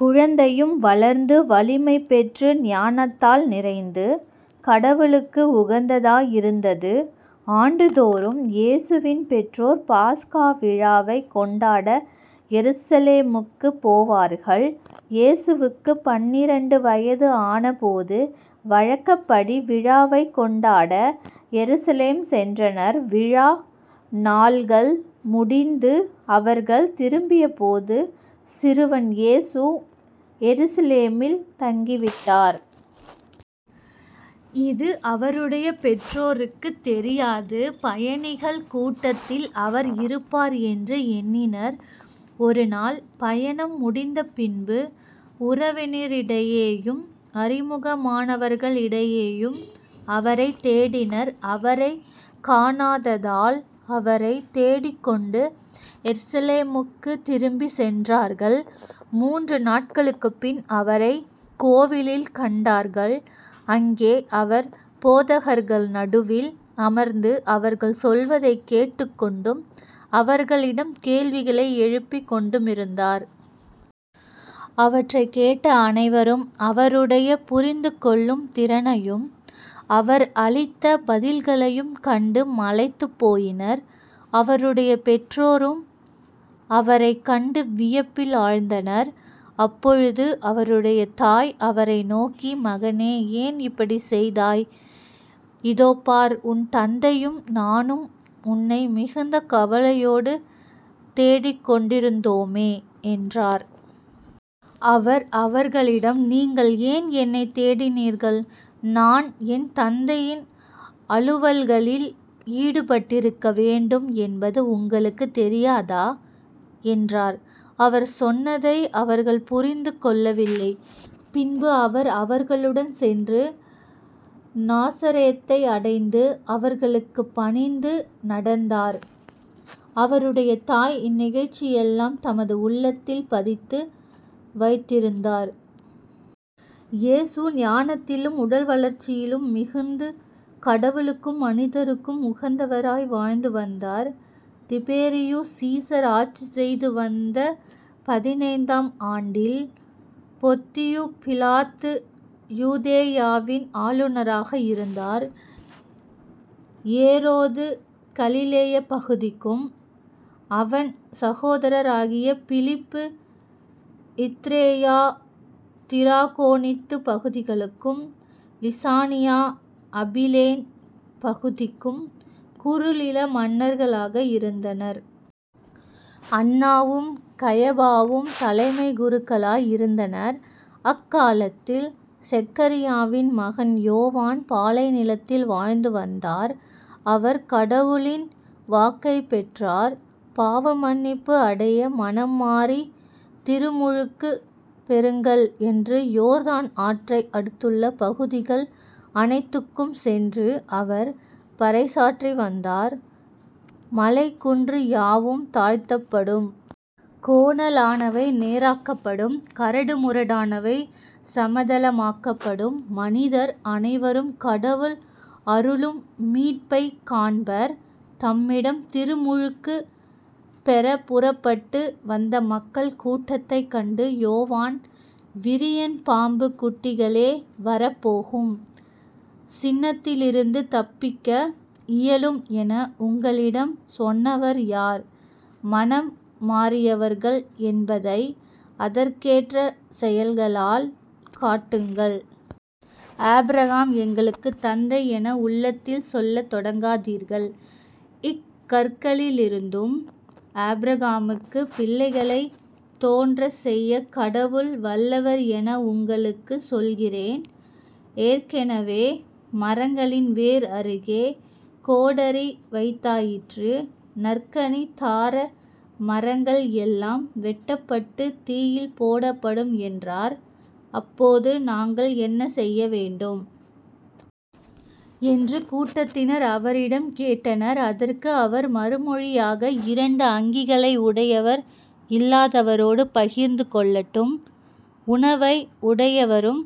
குழந்தையும் வளர்ந்து வலிமை பெற்று ஞானத்தால் நிறைந்து கடவுளுக்கு உகந்ததாய் இருந்தது. ஆண்டுதோறும் இயேசுவின் பெற்றோர் பாஸ்கா விழாவைக் கொண்டாட எருசலேமுக்குப் போவார்கள் இயேசுவுக்குப் பன்னிரண்டு வயது ஆனபோது வழக்கப்படி விழாவைக் கொண்டாட எருசலேம் சென்றனர். விழா நாள்கள் முடிந்து அவர்கள் திரும்பியபோது சிறுவன் இயேசு எருசலேமில் தங்கிவிட்டார். இது அவருடைய பெற்றோருக்குத் தெரியாது. பயணிகள் கூட்டத்தில் அவர் இருப்பார் என்று எண்ணினர். ஒருநாள் பயணம் முடிந்தபின்பு உறவினரிடையேயும் அறிமுகமானவர்களிடையேயும் அவரைத் தேடினர் அவரைக் காணாததால் அவரைத் தேடிக்கொண்டு எருசலேமுக்குத் திரும்பிச் சென்றார்கள். மூன்று நாட்களுக்குப்பின் அவரைக் கோவிலில் கண்டார்கள். அங்கே அவர் போதகர்கள் நடுவில் அமர்ந்து அவர்கள் சொல்வதைக் கேட்டுக் கொண்டும் அவர்களிடம் கேள்விகளை எழுப்பிக் கொண்டுமிருந்தார். அவற்றைக் கேட்ட அனைவரும் அவருடைய புரிந்து கொள்ளும் திறனையும் அவர் அளித்த பதில்களையும் கண்டு மலைத்துப் போயினர். அவருடைய பெற்றோரும் அவரைக் கண்டு வியப்பில் ஆழ்ந்தனர். அப்பொழுது அவருடைய தாய் அவரை நோக்கி மகனே ஏன் இப்படிச் செய்தாய்? இதோ பார் உன் தந்தையும் நானும் உன்னை மிகுந்த கவலையோடு தேடிக்கொண்டிருந்தோமே என்றார். அவர் அவர்களிடம் நீங்கள் ஏன் என்னைத் தேடினீர்கள்? நான் என் தந்தையின் அலுவல்களில் ஈடுபட்டிருக்க வேண்டும் என்பது உங்களுக்குத் தெரியாதா? என்றார். அவர் சொன்னதை அவர்கள் புரிந்து கொள்ளவில்லை. பின்பு அவர் அவர்களுடன் சென்று நாசரேத்தை அடைந்து அவர்களுக்குப் பணிந்து நடந்தார். அவருடைய தாய் இந்நிகழ்ச்சியெல்லாம் தமது உள்ளத்தில் பதித்து வைத்திருந்தார். இயேசு ஞானத்திலும் உடல்வளர்ச்சியிலும் மிகுந்து கடவுளுக்கும் மனிதருக்கும் உகந்தவராய் வாழ்ந்து வந்தார். திபேரியு சீசர் ஆட்சி செய்துவந்த பதினைந்தாம் ஆண்டில் பொத்தியு பிலாத்து யூதேயாவின் ஆளுநராக இருந்தார். ஏரோது கலிலேயப் பகுதிக்கும் அவன் சகோதரராகிய பிலிப்பு இத்துரேயா திராகோனித்துப் பகுதிகளுக்கும் லிசானியா அபிலேன் பகுதிக்கும் குறுநில மன்னர்களாக இருந்தனர். அன்னாவும் கயபாவும் தலைமைக் குருக்களாய் இருந்தனர். அக்காலத்தில் செக்கரியாவின் மகன் யோவான் பாலைநிலத்தில் வாழ்ந்து வந்தார். அவர் கடவுளின் வாக்கைப் பெற்றார். பாவமன்னிப்பு அடைய மனம்மாறித் திருமுழுக்குப் பெறுங்கள் என்று யோர்தான் ஆற்றை அடுத்துள்ள பகுதிகள் அனைத்துக்கும் சென்று அவர் பறைசாற்றிவந்தார். மலை குன்று யாவும் தாழ்த்தப்படும். கோணலானவை நேராக்கப்படும். கரடு முரடானவை சமதளமாக்கப்படும். மனிதர் அனைவரும் கடவுள் அருளும் மீட்பைக் காண்பர். தம்மிடம் திருமுழுக்குப் பெறப் புறப்பட்டு வந்த மக்கள் கூட்டத்தைக் கண்டு யோவான் விரியன் பாம்புக் குட்டிகளே வரப்போகும் சினத்திலிருந்து தப்பிக்க இயலும் என உங்களிடம் சொன்னவர் யார்? மனம் மாறியவர்கள் என்பதை அதற்கேற்ற செயல்களால் காட்டுங்கள். ஆபிரகாம் எங்களுக்குத் தந்தை என உள்ளத்தில் சொல்லத் தொடங்காதீர்கள். இக்கற்களிலிருந்தும் ஆபிரகாமுக்குப் பிள்ளைகளைத் தோன்றச் செய்யக் கடவுள் வல்லவர் என உங்களுக்குச் சொல்கிறேன். ஏற்கெனவே மரங்களின் வேர் அருகே கோடரி வைத்தாயிற்று. நற்கனி தார மரங்கள் எல்லாம் வெட்டப்பட்டுத் தீயில் போடப்படும் என்றார். அப்போது நாங்கள் என்ன செய்ய வேண்டும்? என்று கூட்டத்தினர் அவரிடம் கேட்டனர். அதற்கு அவர் மறுமொழியாக இரண்டு அங்கிகளை உடையவர் இல்லாதவரோடு பகிர்ந்து கொள்ளட்டும். உணவை உடையவரும்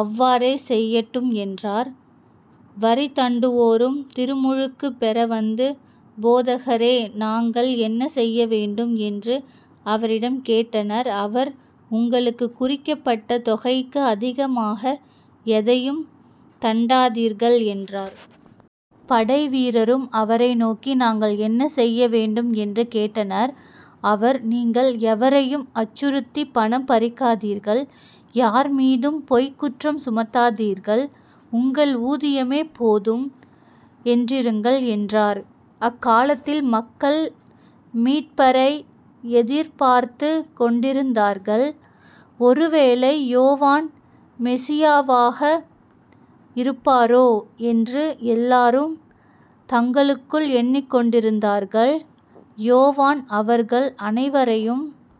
அவ்வாறே செய்யட்டும் என்றார். வரி தண்டுவோரும் திருமுழுக்குப் பெற வந்து போதகரே நாங்கள் என்ன செய்யவேண்டும்? என்று அவரிடம் கேட்டனர். அவர் உங்களுக்குக் குறிக்கப்பட்ட தொகைக்கு அதிகமாக எதையும் தண்டாதீர்கள் என்றார். படைவீரரும் அவரை நோக்கி நாங்கள் என்ன செய்ய வேண்டும்? என்று கேட்டனர். அவர் நீங்கள் எவரையும் அச்சுறுத்திப் பணம் பறிக்காதீர்கள். யார்மீதும் பொய்க் குற்றம் சுமத்தாதீர்கள். உங்கள் ஊதியமே போதும் என்றிருங்கள் என்றார். அக்காலத்தில் மக்கள் மீட்பரை எதிர்பார்த்துக் கொண்டிருந்தார்கள். ஒருவேளை யோவான் மெசியாவாக இருப்பாரோ என்று எல்லாரும் தங்களுக்குள் எண்ணிக்கொண்டிருந்தார்கள். யோவான் அவர்கள் அனைவரையும்